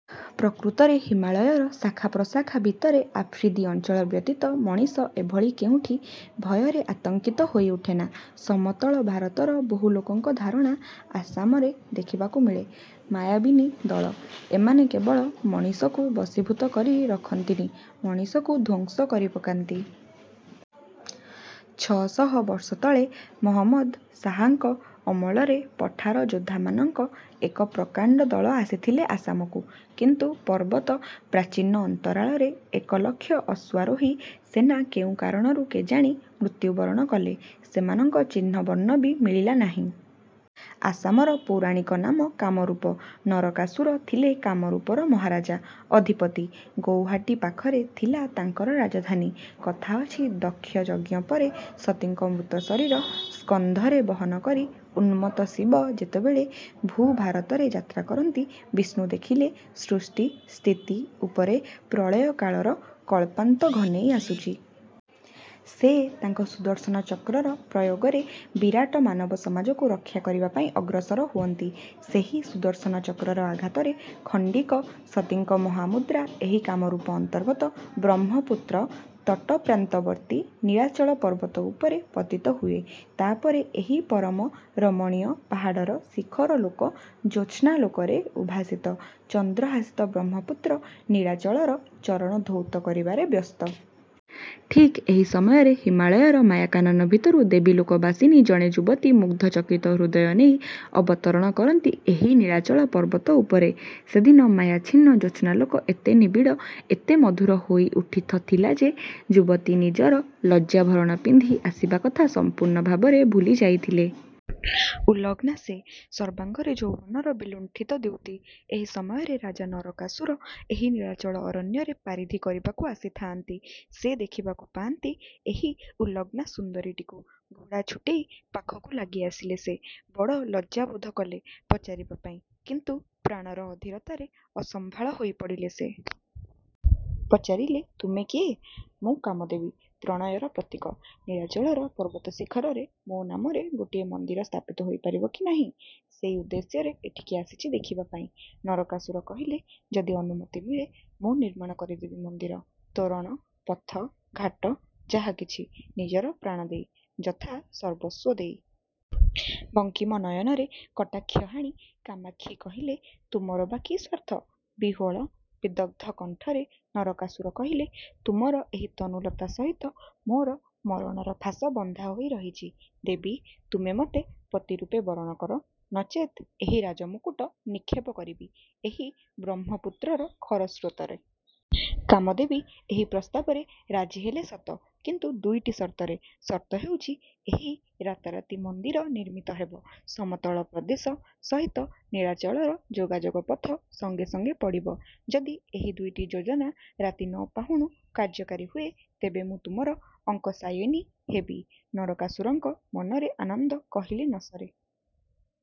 ପ୍ରକୃତରେ ହିମାଳୟର ଶାଖାପ୍ରଶାଖା ଭିତରେ ଆଫ୍ରିଦୀ ଅଞ୍ଚଳ ବ୍ୟତୀତ ମଣିଷ ଏଭଳି କେଉଁଠି ଭୟରେ ଆତଙ୍କିତ ହୋଇ ଉଠେନା। ସମତଳ ଭାରତର ବହୁ ଲୋକଙ୍କ ଧାରଣା, ଆସାମରେ ଦେଖିବାକୁ ମିଳେ ମାୟାବିନୀ ଦଳ। ଏମାନେ କେବଳ ମଣିଷକୁ ବଶୀଭୂତ କରି ରଖନ୍ତିନି, ମଣିଷକୁ ଧ୍ୱସଂ କରିପକାନ୍ତି। ଛଅ ଶହ ବର୍ଷ ତଳେ ମହମ୍ମଦ ସାହାଙ୍କ ଅମଳରେ ପଠାର ଯୋଦ୍ଧାମାନଙ୍କ ଏକ ପ୍ରକାଣ୍ଡ ଦଳ ଆସିଥିଲେ ଆସାମକୁ, କିନ୍ତୁ ପର୍ବତ ପ୍ରାଚୀନ ଅନ୍ତରାଳରେ ଏକ ଲକ୍ଷ ଅଶ୍ୱାରୋହୀ ସେନା କେଉଁ କାରଣରୁ କେଜାଣି ମୃତ୍ୟୁ ବରଣ କଲେ, ସେମାନଙ୍କ ଚିହ୍ନ ବର୍ଣ୍ଣ ବି ମିଳିଲା ନାହିଁ। ଆସାମର ପୌରାଣିକ ନାମ କାମରୂପ। ନରକାସୁର ଥିଲେ କାମରୂପର ମହାରାଜା, ଅଧିପତି। ଗୌହାଟୀ ପାଖରେ ଥିଲା ତାଙ୍କର ରାଜଧାନୀ। କଥା ଅଛି, ଦକ୍ଷଯଜ୍ଞ ପରେ ସତୀଙ୍କ ମୃତଶରୀର ସ୍କନ୍ଧରେ ବହନକରି ଉନ୍ମତ୍ତ ଶିବ ଯେତେବେଳେ ଭୂଭାରତରେ ଯାତ୍ରା କରନ୍ତି, ବିଷ୍ଣୁ ଦେଖିଲେ ସୃଷ୍ଟି ସ୍ଥିତି ଉପରେ ପ୍ରଳୟ କାଳର କଳ୍ପାନ୍ତ ଘନେଇ ଆସୁଚି। ସେ ତାଙ୍କ ସୁଦର୍ଶନ ଚକ୍ରର ପ୍ରୟୋଗରେ ବିରାଟ ମାନବସମାଜକୁ ରକ୍ଷାକରିବା ପାଇଁ ଅଗ୍ରସର ହୁଅନ୍ତି। ସେହି ସୁଦର୍ଶନ ଚକ୍ରର ଆଘାତରେ ଖଣ୍ଡିକ ସତୀଙ୍କ ମହାମୁଦ୍ରା ଏହି କାମରୂପ ଅନ୍ତର୍ଗତ ବ୍ରହ୍ମପୁତ୍ର ତଟପ୍ରାନ୍ତବର୍ତ୍ତୀ ନୀଳାଚଳ ପର୍ବତ ଉପରେ ପତିତ ହୁଏ। ତା ପରେ ଏହି ପରମ ରମଣୀୟ ପାହାଡ଼ର ଶିଖରଲୋକ ଜ୍ୟୋସ୍ନାଲୋକରେ ଉଦ୍ଭାସିତ, ଚନ୍ଦ୍ରହାସିତ ବ୍ରହ୍ମପୁତ୍ର ନୀଳାଚଳର ଚରଣ ଧୌତ କରିବାରେ ବ୍ୟସ୍ତ। ଠିକ୍ ଏହି ସମୟରେ ହିମାଳୟର ମାୟା କାନନ ଭିତରୁ ଦେବୀଲୋକବାସିନୀ ଜଣେ ଯୁବତୀ ମୁଗ୍ଧଚକିତ ହୃଦୟ ନେଇ ଅବତରଣ କରନ୍ତି ଏହି ନୀଳାଚଳ ପର୍ବତ ଉପରେ। ସେଦିନ ମାୟାଚ୍ଛିନ୍ନ ଜ୍ୟୋସ୍ନାଲୋକ ଏତେ ନିବିଡ଼, ଏତେ ମଧୁର ହୋଇ ଉଠିଥଥିଲା ଯେ,। ଯୁବତୀ ନିଜର ଲଜ୍ଜାଭରଣ ପିନ୍ଧି ଆସିବାକଥା ସମ୍ପୂର୍ଣ୍ଣ ଭାବରେ ଭୁଲି ଯାଇଥିଲେ। ଉଲଗ୍ନା ସେ। ସର୍ବାଙ୍ଗରେ ଯୌବନର ବିଲୁଣ୍ଠିତ ଦ୍ୟୁତି। ଏହି ସମୟରେ ରାଜା ନରକାସୁର ଏହି ନୀଳାଚଳ ଅରଣ୍ୟରେ ପାରିଧି କରିବାକୁ ଆସିଥାଆନ୍ତି। ସେ ଦେଖିବାକୁ ପାଆନ୍ତି ଏହି ଉଲଗ୍ନା ସୁନ୍ଦରୀଟିକୁ। ଘୋଡ଼ା ଛୁଟେଇ ପାଖକୁ ଲାଗିଆସିଲେ ସେ। ବଡ଼ ଲଜ୍ଜାବୋଧ କଲେ ପଚାରିବା ପାଇଁ; କିନ୍ତୁ ପ୍ରାଣର ଅଧୀରତାରେ ଅସମ୍ଭାଳ ହୋଇପଡ଼ିଲେ ସେ। ପଚାରିଲେ-ତୁମେ କିଏ? -ମୁଁ କାମଦେବୀ, ପ୍ରଣୟର ପ୍ରତୀକ। ନୀଳାଚଳର ପର୍ବତଶିଖରରେ ମୋ ନାମରେ ଗୋଟିଏ ମନ୍ଦିର ସ୍ଥାପିତ ହୋଇପାରିବ କି ନାହିଁ, ସେଇ ଉଦ୍ଦେଶ୍ୟରେ ଏଠିକି ଆସିଚି ଦେଖିବା ପାଇଁ। ନରକାସୁର କହିଲେ, ଯଦି ଅନୁମତି ମିଳେ, ମୁଁ ନିର୍ମାଣ କରିଦେବି ମନ୍ଦିର, ତୋରଣ, ପଥ, ଘାଟ ଯାହା କିଛି-ନିଜର ପ୍ରାଣ ଦେଇ, ଯଥାସର୍ବସ୍ୱ ଦେଇ। ବଙ୍କିମ ନୟନରେ କଟାକ୍ଷ ହାଣି କାମାକ୍ଷୀ କହିଲେ, ତୁମର ବା କି ସ୍ୱାର୍ଥ? ବିହ୍ୱଳ, ବିଦଗ୍ଧ କଣ୍ଠରେ ନରକାସୁର କହିଲେ, ତୁମର ଏହି ତନୁଲତା ସହିତ ମୋର ମରଣର ଫାଶ ବନ୍ଧା ହୋଇ ରହିଛି। ଦେବି! ତୁମେ ମତେ ପତି ରୂପେ ବରଣ କର, ନଚେତ୍ ଏହି ରାଜମୁକୁଟ ନିକ୍ଷେପ କରିବି ଏହି ବ୍ରହ୍ମପୁତ୍ରର ଖରସ୍ରୋତରେ। କାମଦେବୀ ଏହି ପ୍ରସ୍ତାବରେ ରାଜି ହେଲେ ସତ, କିନ୍ତୁ ଦୁଇଟି ସର୍ତ୍ତରେ। ସର୍ତ୍ତ ହେଉଛି, ଏହି ରାତାରାତି ମନ୍ଦିର ନିର୍ମିତ ହେବ, ସମତଳ ପ୍ରଦେଶ ସହିତ ନୀଳାଚଳର ଯୋଗାଯୋଗ ପଥ ସଙ୍ଗେ ସଙ୍ଗେ ପଡ଼ିବ। ଯଦି ଏହି ଦୁଇଟି ଯୋଜନା ରାତି ନ ପାହୁଣୁ କାର୍ଯ୍ୟକାରୀ ହୁଏ, ତେବେ ମୁଁ ତୁମର ଅଙ୍କଶାୟିନୀ ହେବି। ନରକାସୁରଙ୍କ ମନରେ ଆନନ୍ଦ କହିଲେ ନ ସରେ।